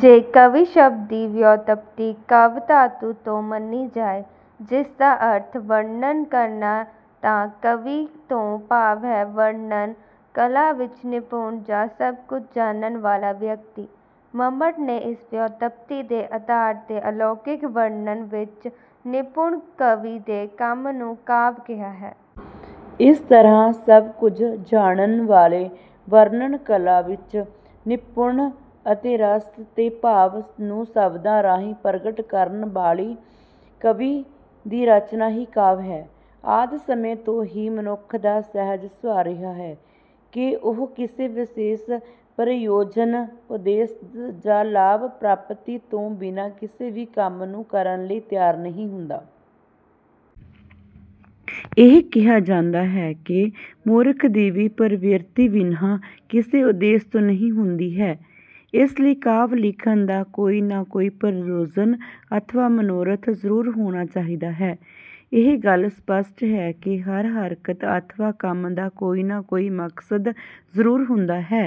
ਜੇ 'ਕਵੀ' ਸ਼ਬਦ ਦੀ ਵਿਉਤਪਤੀ 'ਕਵ੍' ਧਾਤੂ ਤੋਂ ਮੰਨੀ ਜਾਏ, ਜਿਸਦਾ ਅਰਥ ਹੈ ਵਰਣਨ ਕਰਨਾ, ਤਾਂ 'ਕਵੀ' ਤੋਂ ਭਾਵ ਹੈ ਵਰਣਨ ਕਲਾ ਵਿੱਚ ਨਿਪੁਣ ਜਾਂ ਸਭ ਕੁੱਝ ਜਾਣਨ ਵਾਲਾ ਵਿਅਕਤੀ। ਮੰਮਟ ਨੇ ਇਸ ਵਿਉਤਪਤੀ ਦੇ ਆਧਾਰ ਤੇ 'ਅਲੌਕਿਕ' ਵਰਣਨ ਵਿੱਚ ਨਿਪੁਣ ਕਵੀ ਦੇ ਕੰਮ ਨੂੰ 'ਕਾਵਿ' ਕਿਹਾ ਹੈ। ਇਸ ਤਰ੍ਹਾਂ ਸਭ ਕੁੱਝ ਜਾਣਨ ਵਾਲੇ, ਵਰਣਨ ਕਲਾ ਵਿੱਚ ਨਿਪੁਣ ਅਤੇ ਰਸ ਤੇ ਭਾਵ ਨੂੰ ਸ਼ਬਦਾਂ ਰਾਹੀਂ ਪ੍ਰਗਟ ਕਰਨ ਵਾਲੀ ਕਵੀ ਦੀ ਰਚਨਾ ਹੀ 'ਕਾਵਿ' ਹੈ। ਆਦਿ ਸਮੇਂ ਤੋਂ ਹੀ ਮਨੁੱਖ ਦਾ ਸਹਿਜ ਸੁਭਾਅ ਰਿਹਾ ਹੈ ਕਿ ਉਹ ਕਿਸੇ ਵਿਸ਼ੇਸ਼, ਪ੍ਰਯੋਜਨ, ਉਦੇਸ਼ ਜਾਂ ਲਾਭ ਪ੍ਰਾਪਤੀ ਤੋਂ ਬਿਨ੍ਹਾਂ ਕਿਸੇ ਵੀ ਕੰਮ ਨੂੰ ਕਰਨ ਲਈ ਤਿਆਰ ਨਹੀਂ ਹੁੰਦਾ। ਇਹ ਕਿਹਾ ਜਾਂਦਾ ਹੈ ਕਿ "ਮੂਰਖ ਦੀ ਵੀ ਪ੍ਰਵਿਰਤੀ ਬਿਨ੍ਹਾਂ ਕਿਸੇ ਉਦੇਸ਼ ਤੋਂ ਨਹੀਂ ਹੁੰਦੀ ਹੈ"। ਇਸ ਲਈ ਕਾਵਿ ਲਿਖਣ ਦਾ ਕੋਈ ਨਾ ਕੋਈ ਪ੍ਰਯੋਜਨ ਅਥਵਾ ਮਨੋਰਥ ਜ਼ਰੂਰ ਹੋਣਾ ਚਾਹੀਦਾ ਹੈ। ਇਹ ਗੱਲ ਸਪੱਸ਼ਟ ਹੈ ਕਿ ਹਰ ਹਰਕਤ ਅਥਵਾ ਕੰਮ ਦਾ ਕੋਈ ਨਾ ਕੋਈ ਮਕਸਦ ਜ਼ਰੂਰ ਹੁੰਦਾ ਹੈ।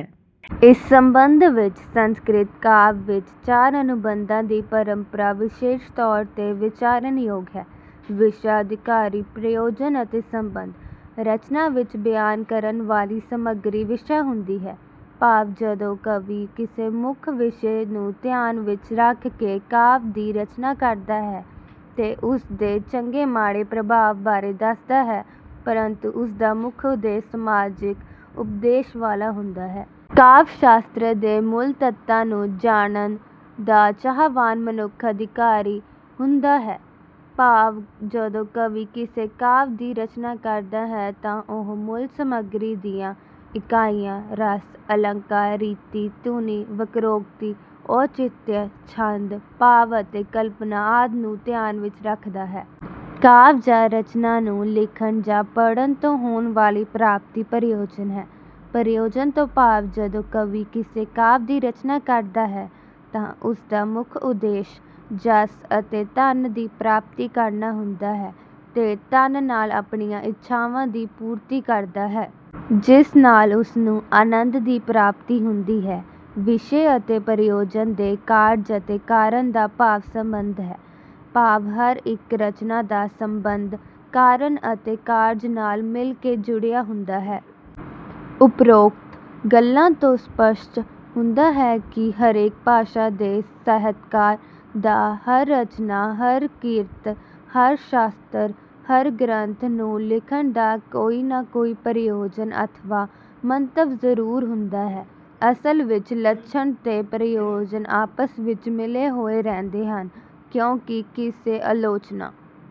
ਇਸ ਸੰਬੰਧ ਵਿੱਚ ਸੰਸਕ੍ਰਿਤ ਕਾਵਿ ਵਿੱਚ ਚਾਰ ਅਨੁਬੰਧਾਂ ਦੀ ਪਰੰਪਰਾ ਵਿਸ਼ੇਸ਼ ਤੌਰ ਤੇ ਵਿਚਾਰਨਯੋਗ ਹੈ, ਵਿਸ਼ਾ, ਅਧਿਕਾਰੀ, ਪ੍ਰਯੋਜਨ ਅਤੇ ਸੰਬੰਧ। ਰਚਨਾ ਵਿੱਚ ਬਿਆਨ ਕਰਨ ਵਾਲੀ ਸਮੱਗਰੀ ਵਿਸ਼ਾ ਹੁੰਦੀ ਹੈ। ਭਾਵ ਜਦੋਂ ਕਵੀ ਕਿਸੇ ਮੁੱਖ ਵਿਸ਼ੇ ਨੂੰ ਧਿਆਨ ਵਿੱਚ ਰੱਖ ਕੇ ਕਾਵਿ ਦੀ ਰਚਨਾ ਕਰਦਾ ਹੈ, ਤੇ ਉਸਦੇ ਚੰਗੇ ਮਾੜੇ ਪ੍ਰਭਾਵ ਬਾਰੇ ਦੱਸਦਾ ਹੈ, ਪਰੰਤੂ ਉਸਦਾ ਮੁੱਖ ਉਦੇਸ਼ ਸਮਾਜਿਕ ਉਪਦੇਸ਼ ਵਾਲਾ ਹੁੰਦਾ ਹੈ। ਕਾਵਿ ਸ਼ਾਸਤਰ ਦੇ ਮੂਲ ਤੱਤਾਂ ਨੂੰ ਜਾਣਨ ਦਾ ਚਾਹਵਾਨ ਮਨੁੱਖ 'ਅਧਿਕਾਰੀ' ਹੁੰਦਾ ਹੈ। ਭਾਵ ਜਦੋਂ ਕਵੀ ਕਿਸੇ ਕਾਵਿ ਦੀ ਰਚਨਾ ਕਰਦਾ ਹੈ, ਤਾਂ ਉਹ ਮੂਲ ਸਮੱਗਰੀ ਦੀਆਂ ਇਕਾਈਆਂ, ਰਸ, ਅਲੰਕਾਰ, ਰੀਤੀ, ਧੁਨੀ, ਵਕ੍ਰੋਕਤੀ, ਔਚਿਤਯ, ਛੰਦ, ਭਾਵ ਅਤੇ ਕਲਪਨਾ ਆਦਿ ਨੂੰ ਧਿਆਨ ਵਿੱਚ ਰੱਖਦਾ ਹੈ। ਕਾਵਿ ਜਾਂ ਰਚਨਾ ਨੂੰ ਲਿਖਣ ਜਾਂ ਪੜ੍ਹਨ ਤੋਂ ਹੋਣ ਵਾਲੀ ਪ੍ਰਾਪਤੀ ਪ੍ਰਯੋਜਨ ਹੈ। ਪ੍ਰਯੋਜਨ ਤੋਂ ਭਾਵ ਜਦੋਂ ਕਵੀ ਕਿਸੇ ਕਾਵਿ ਦੀ ਰਚਨਾ ਕਰਦਾ ਹੈ, ਤਾਂ ਉਸਦਾ ਮੁੱਖ ਉਦੇਸ਼ ਜਸ ਅਤੇ ਧਨ ਦੀ ਪ੍ਰਾਪਤੀ ਕਰਨਾ ਹੁੰਦਾ ਹੈ, ਤੇ ਧਨ ਨਾਲ ਆਪਣੀਆਂ ਇੱਛਾਵਾਂ ਦੀ ਪੂਰਤੀ ਕਰਦਾ ਹੈ। ਜਿਸ ਨਾਲ ਉਸਨੂੰ ਆਨੰਦ ਦੀ ਪ੍ਰਾਪਤੀ ਹੁੰਦੀ ਹੈ। ਵਿਸ਼ੇ ਅਤੇ ਪ੍ਰਯੋਜਨ ਦੇ ਕਾਰਜ ਅਤੇ ਕਾਰਨ ਦਾ ਭਾਵ ਸੰਬੰਧ ਹੈ। ਭਾਵ ਹਰ ਇੱਕ ਰਚਨਾ ਦਾ ਸੰਬੰਧ ਕਾਰਨ ਅਤੇ ਕਾਰਜ ਨਾਲ ਮਿਲ ਕੇ ਜੁੜਿਆ ਹੁੰਦਾ ਹੈ। ਉਪਰੋਕਤ ਗੱਲਾਂ ਤੋਂ ਸਪੱਸ਼ਟ ਹੁੰਦਾ ਹੈ ਕਿ ਹਰੇਕ ਭਾਸ਼ਾ ਦੇ ਸਾਹਿਤਕਾਰ ਦਾ ਹਰ ਰਚਨਾ, ਹਰ ਕਿਰਤ, ਹਰ ਸ਼ਾਸਤਰ, ਹਰ ਗ੍ਰੰਥ ਨੂੰ ਲਿਖਣ ਦਾ ਕੋਈ ਨਾ ਕੋਈ ਪ੍ਰਯੋਜਨ ਅਥਵਾ ਮੰਤਵ ਜ਼ਰੂਰ ਹੁੰਦਾ ਹੈ। ਅਸਲ ਵਿੱਚ ਲੱਛਣ ਤੇ ਪ੍ਰਯੋਜਨ ਆਪਸ ਵਿੱਚ ਮਿਲੇ ਹੋਏ ਰਹਿੰਦੇ ਹਨ। ਕਿਉਂਕਿ ਕਿਸੇ ਆਲੋਚਨਾ